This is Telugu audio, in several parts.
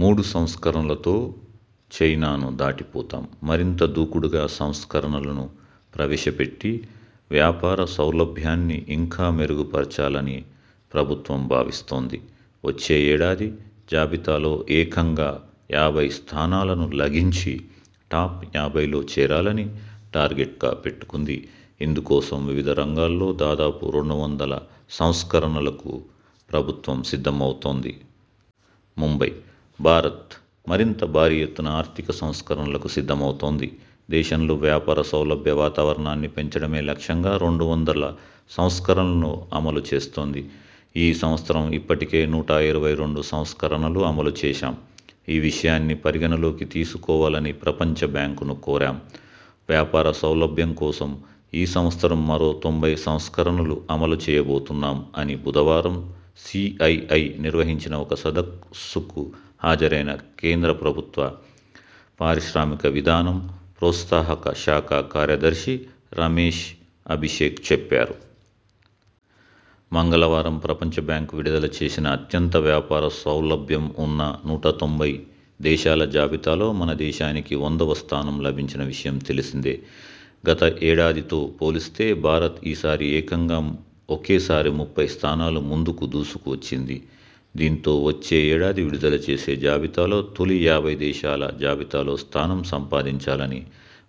మూడు సంస్కరణలతో చైనాను దాటిపోతాం.. మరింత దూకుడుగా సంస్కరణలను ప్రవేశపెట్టి వ్యాపార సౌలభ్యాన్ని ఇంకా మెరుగుపరచాలని ప్రభుత్వం భావిస్తోంది. వచ్చే ఏడాది జాబితాలో ఏకంగా యబై స్థానాలను లంఘించి టాప్ యబైలో చేరాలని టార్గెట్గా పెట్టుకుంది. ఇందుకోసం వివిధ రంగాల్లో దాదాపు రెండువందల సంస్కరణలకు ప్రభుత్వం సిద్ధమవుతోంది. ముంబై: భారత్ మరింత భారీ ఎత్తున ఆర్థిక సంస్కరణలకు సిద్ధమవుతోంది. దేశంలో వ్యాపార సౌలభ్య వాతావరణాన్ని పెంచడమే లక్ష్యంగా రెండువందల సంస్కరణలను అమలు చేస్తోంది. ''ఈ సంవత్సరం ఇప్పటికే నూట ఇరవైరెండు సంస్కరణలు అమలు చేశాం. ఈ విషయాన్ని పరిగణనలోకి తీసుకోవాలని ప్రపంచ బ్యాంకును కోరాం. వ్యాపార సౌలభ్యం కోసం ఈ సంవత్సరం మరో తొంబై సంస్కరణలు అమలు చేయబోతున్నాం'' అని బుధవారం సిఐఐ నిర్వహించిన ఒక సదస్సుకు హాజరైన కేంద్ర ప్రభుత్వ పారిశ్రామిక విధానం, ప్రోత్సాహక శాఖ కార్యదర్శి రమేశ్ అభిషేక్ చెప్పారు. మంగళవారం ప్రపంచ బ్యాంక్ విడుదల చేసిన అత్యంత వ్యాపార సౌలభ్యం ఉన్న నూటతొంబై దేశాల జాబితాలో మన దేశానికి వందవ స్థానం లభించిన విషయం తెలిసిందే. గత ఏడాతో పోలిస్తే భారత్ ఈసారి ఏకంగా ఒకేసారి ముప్పై స్థానాలు ముందుకు దూసుకు వచ్చింది. దీంతో వచ్చే ఏడాది విడుదల చేసే జాబితాలో తొలి యబై దేశాల జాబితాలో స్థానం సంపాదించాలని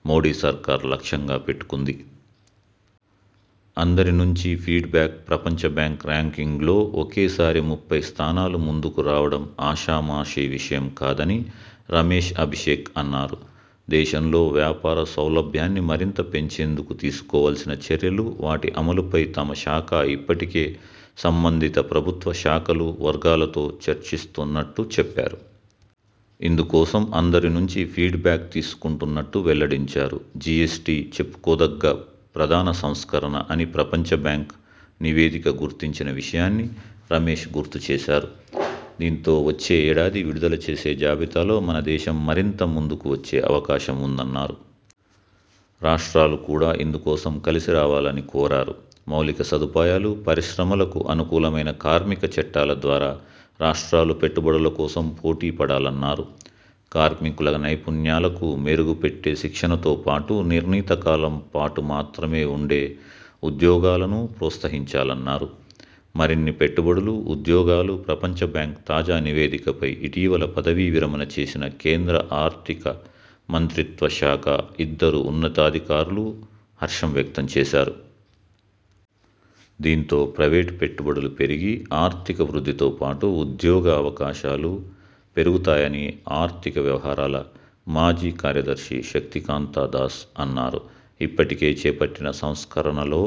మోదీ సర్కార్ లక్ష్యంగా పెట్టుకుంది. అందరి నుంచి ఫీడ్ బ్యాక్ ప్రపంచ బ్యాంక్ ర్యాంకింగ్లో ఒకేసారి ముప్పై స్థానాలు ముందుకురావడం ఆషామాషి విషయం కాదని రమేశ్ అభిషేక్ అన్నారు. దేశంలో వ్యాపార సౌలభ్యాన్ని మరింత పెంచేందుకు తీసుకోవాల్సిన చర్యలు, వాటి అమలుపై తమ శాఖ ఇప్పటికే సంబంధిత ప్రభుత్వ శాఖలు, వర్గాలతో చర్చిస్తున్నట్టు చెప్పారు. ఇందుకోసం అందరి నుంచి ఫీడ్ బ్యాక్ తీసుకుంటున్నట్టు వెల్లడించారు. జిఎ్సటి చెప్పుకోదగ్గ ప్రధాన సంస్కరణ అని ప్రపంచ బ్యాంక్ నివేదిక గుర్తించిన విషయాన్ని రమేశ్ గుర్తు చేశారు. దీంతో వచ్చే ఏడాది విడుదల చేసే జాబితాలో మన దేశం మరింత ముందుకు వచ్చే అవకాశం ఉందన్నారు. రాష్ట్రాలు కూడా ఇందుకోసం కలిసి రావాలని కోరారు. మౌలిక సదుపాయాలు, పరిశ్రమలకు అనుకూలమైన కార్మిక చట్టాల ద్వారా రాష్ట్రాలు పెట్టుబడుల కోసం పోటీపడాలన్నారు. కార్మికుల నైపుణ్యాలకు మెరుగుపెట్టే శిక్షణతోపాటు నిర్ణీత కాలం పాటు మాత్రమే ఉండే ఉద్యోగాలనూ ప్రోత్సహించాలన్నారు. మరిన్ని పెట్టుబడులు, ఉద్యోగాలు ప్రపంచ బ్యాంక్ తాజా నివేదికపై ఇటీవల పదవీ విరమణ చేసిన కేంద్ర ఆర్థిక మంత్రిత్వ శాఖ ఇద్దరు ఉన్నతాధికారులూ హర్షం వ్యక్తం చేశారు. దీంతో ప్రైవేట్ పెట్టుబడులు పెరిగి ఆర్థిక వృద్ధితోపాటు ఉద్యోగ అవకాశాలూ పెరుగుతాయని ఆర్థిక వ్యవహారాల మాజీ కార్యదర్శి శక్తికాంత దాస్ అన్నారు. ఇప్పటికే చేపట్టిన సంస్కరణలో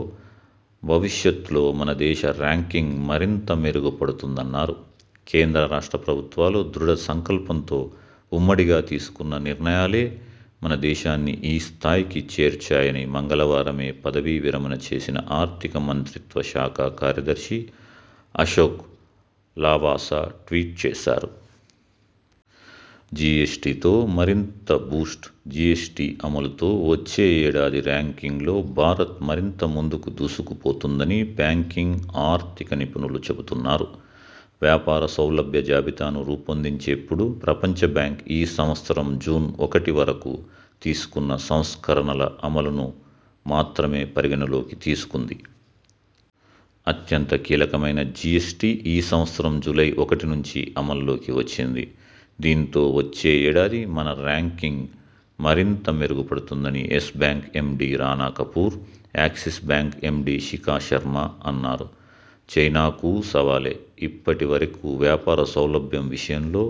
భవిష్యత్లో మన దేశ ర్యాంకింగ్ మరింత మెరుగు పడుతుందన్నారు. కేంద్ర-రాష్ట్ర ప్రభుత్వాలు దృఢ సంకల్పంతో ఉమ్మడిగా తీసుకున్న నిర్ణయాలే మన దేశాన్ని ఈ స్థాయికి చేర్చాయని మంగళవారమే పదవీ విరమణ చేసిన ఆర్థిక మంత్రిత్వ శాఖ కార్యదర్శి అశోక్ లవాసా ట్వీట్ చేశారు. జిఎ్సటితో మరింత బూస్ట్ జిఎ్సటి అమలుతో వచ్చే ఏడాది ర్యాంకింగ్లో భారత్ మరింత ముందుకు దూసుకుపోతుందని బ్యాంకింగ్, ఆర్థిక నిపుణులు చెబుతున్నారు. వ్యాపార సౌలభ్య జాబితాను రూపొందించేటపుడు ప్రపంచ బ్యాంక్ ఈ సంవత్సరం జూన్ ఒకటి వరకు తీసుకున్న సంస్కరణల అమలును మాత్రమే పరిగణనలోకి తీసుకుంది. అత్యంత కీలకమైన జిఎ్సటి ఈ సంవత్సరం జూలై ఒకటి నుంచి అమల్లోకి వచ్చింది. దీంతో వచ్చే ఏడాది మన ర్యాంకింగ్ మరింత మెరుగు పడుతుందని Yes Bank MD Rana Kapoor, Axis Bank MD Shikha Sharma అన్నారు. చైనాకూ సవాలే.. ఇప్పటి వరకు వ్యాపార సౌలభ్యం విషయంలో